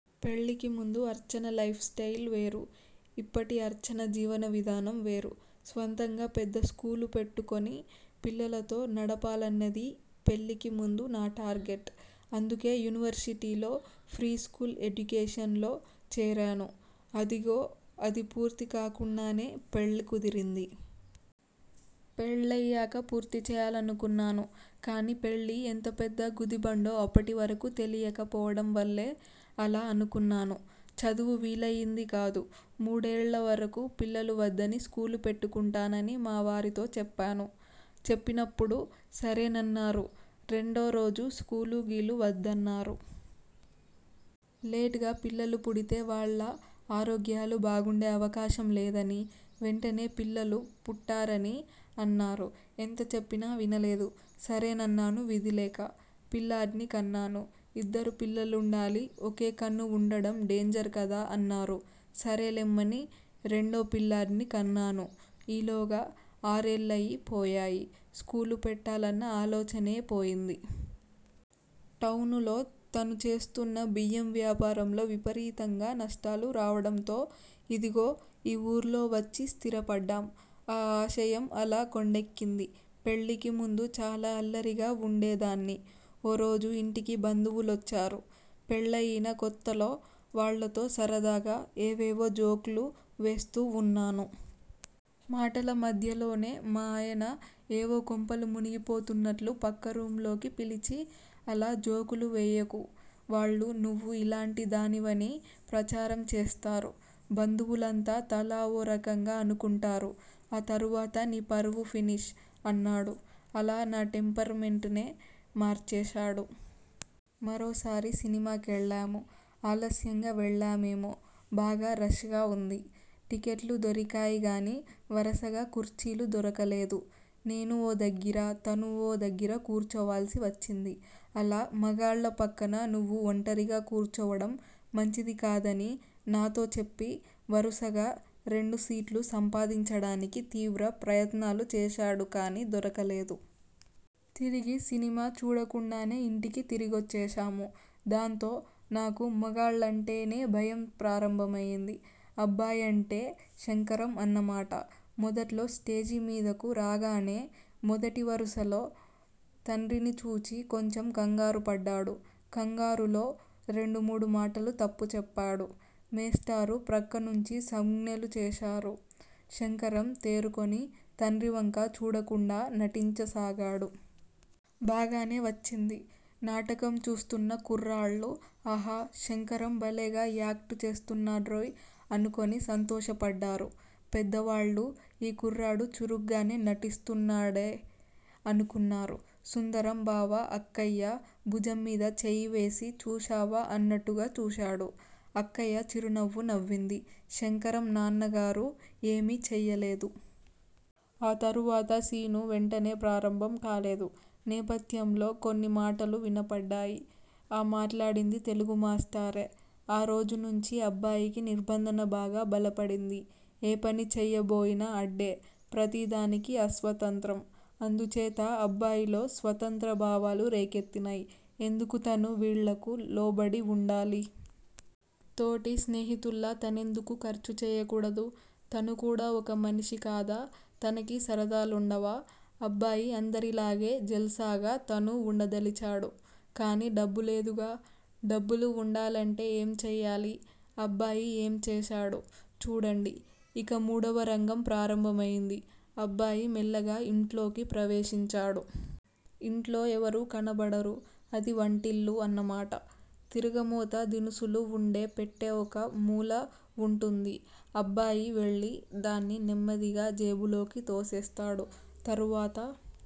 పెళ్ళికి ముందు Archana life style వేరు, ఇప్పటి అర్చన జీవన విధానం వేరు. స్వంతంగా పెద్ద స్కూలు పెట్టుకొని, పిల్లలతో నడపాలన్నదీ పెళ్ళికి ముందు నా టార్గెట్. అందుకే యూనివర్శిటీలో ఫ్రీ స్కూల్ ఎడ్యుకేషన్ లో చేరాను. అదిగో అది పూర్తి కాకుండానే పెళ్ళి కుదిరింది. పెళ్ళయ్యాక పూర్తి చేయాలనుకున్నాను. కానీ పెళ్ళి ఎంత పెద్ద గుది బండో అప్పటి వరకు తెలియక పోవడం వల్లే అలా అనుకున్నాను. చదువు వీలయింది కాదు. మూడేళ్ళ వరకు పిల్లలు వద్దని స్కూలు పెట్టుకుంటానని మా వారితో చెప్పాను. చెప్పినప్పుడు సరేనన్నారు. రెండో రోజు స్కూలూ గీలూ వద్దన్నారు. లేట్ గా పిల్లలు పుడితే వాళ్ళ ఆరోగ్యాలు బాగుండే అవకాశం లేదనీ, వెంటనే పిల్లలు పుట్టారని అన్నారు. ఎంత చెప్పినా వినలేదు. సరేనన్నాను విధి లేక. పిల్లాడ్ని కన్నాను. ఇద్దరు పిల్లలుండాలి. ఒకే కన్ను వుండడం డేంజర్ కదా అన్నారు. సరే లెమ్మని రెండో పిల్లాడ్ని కన్నాను ఈలోగా ఆరేళ్ళయి పోయాయి స్కూలు పెట్టాలన్న ఆలోచనే పోయింది. టౌనులో తను చేస్తున్న బియ్యం వ్యాపారంలో విపరీతంగా నష్టాలు రావడంతో ఇదిగో ఈ ఊర్లో వచ్చి స్థిర పడ్డాం. ఆ ఆశయం అలా కొండెక్కింది. పెళ్ళికి ముందు చాలా అల్లరిగా వుండేదాన్ని, ఓ రోజు ఇంటికి బంధువులొచ్చారు పెళ్ళయిన కొత్తలో వాళ్ళతో సరదాగా, ఏవేవో జోక్ లు వేస్తూ వున్నాను. మాటల మధ్యలోనే మా ఆయన ఏవో కొంపలు మునిగిపోతున్నట్లు పక్క రూమ్ లోకి పిలిచి, అలా జోకులు వేయకు. వాళ్ళు నువ్వు ఇలాంటి దానివని ప్రచారం చేస్తారు. బంధువులంతా తలా ఓ రకంగా అనుకుంటారు. ఆ తరువాత నీ పరువు ఫినిష్ అన్నాడు. అలా నా టెంపర్ మెంట్ నే మార్చేశాడు. మరోసారి సినిమా కెళ్ళాము. ఆలస్యంగా వెళ్ళామేమో బాగా రష్ గా వుంది. టిక్కెట్లు దొరికాయి గానీ వరసగా కుర్చీలు దొరకలేదు. నేను ఓ దగ్గిరా, తను ఓ దగ్గిరా కూర్చోవాల్సి వచ్చింది. అలా మగాళ్ళ పక్కన నువ్వు ఒంటరిగా కూర్చోవడం మంచిది కాదని నాతో చెప్పి వరుసగా రెండు సీట్లు సంపాదించడానికి తీవ్ర ప్రయత్నాలు చేశాడు కానీ దొరకలేదు. తిరిగి సినిమా చూడకుండానే ఇంటికి తిరిగొచ్చేశాము. దాంతో నాకు మగాళ్ళంటేనే భయం ప్రారంభమయింది. అబ్బాయంటే శంకరం అన్నమాట. మొదట్లో స్టేజీమీదకు రాగానే మొదటి వరుసలో తండ్రిని చూచి కొంచెం కంగారుపడ్డాడు. కంగారులో రెండుమూడు మాటలు తప్పు చెప్పాడు. మేస్టారు ప్రక్కనుంచి సంజ్ఞలు చేశారు. శంకరం తేరుకొని తండ్రివంక చూడకుండా నటించసాగాడు. బాగానే వచ్చింది. నాటకం చూస్తున్న కుర్రాళ్ళు ఆహా! శంకరం బలేగా యాక్టు చేస్తున్నాడ్రోయ్ అనుకోని సంతోషపడ్డారు. పెద్దవాళ్ళు ఈ కుర్రాడు చురుగ్గానే నటిస్తున్నాడే అనుకున్నారు. సుందరం బావ అక్కయ్య భుజంమీద చేయివేసి చూశావా అన్నట్టుగా చూశాడు. అక్కయ్య చిరునవ్వు నవ్వింది. శంకరం నాన్నగారు ఏమీ చెయ్యలేదు. ఆ తరువాత సీను వెంటనే ప్రారంభం కాలేదు. నేపథ్యంలో కొన్నిమాటలు వినపడ్డాయి. ఆ మాట్లాడింది తెలుగు మాస్టారే. ఆ రోజునుంచి అబ్బాయికి నిర్భంధన బాగా బలపడింది. ఏ పని చెయ్యబోయినా అడ్డే. ప్రతిదానికీ అస్వతంత్రం. అందుచేత అబ్బాయిలో స్వతంత్ర భావాలు రేకెత్తినై. ఎందుకు తను వీళ్ళకు లోబడి వుండాలి? తోటి స్నేహితుల్లా తనెందుకు ఖర్చు చెయ్యకూడదు? తను కూడా ఒక మనిషి కాదా? తనకీ సరదాలుండవా? అబ్బాయి అందరిలాగే జల్సాగా తనూ వుండదలిచాడు. కాని డబ్బు లేదుగా! డబ్బులు వుండాలంటే ఏం చెయ్యాలి? అబ్బాయి ఏంచేశాడు? చూడండి. ఇక మూడవ రంగం ప్రారంభమయింది. అబ్బాయి మెల్లగా యింట్లోకి ప్రవేశించాడు. యింట్లో ఎవరూ కనబడరు. అది వంటిల్లు అన్నమాట. తిరగమోత దినుసులు వుండే పెట్టె ఒక మూల వుంటుంది. అబ్బాయి వెళ్ళి దాన్ని నెమ్మదిగా జేబులోకి తోసేస్తాడు. తరువాత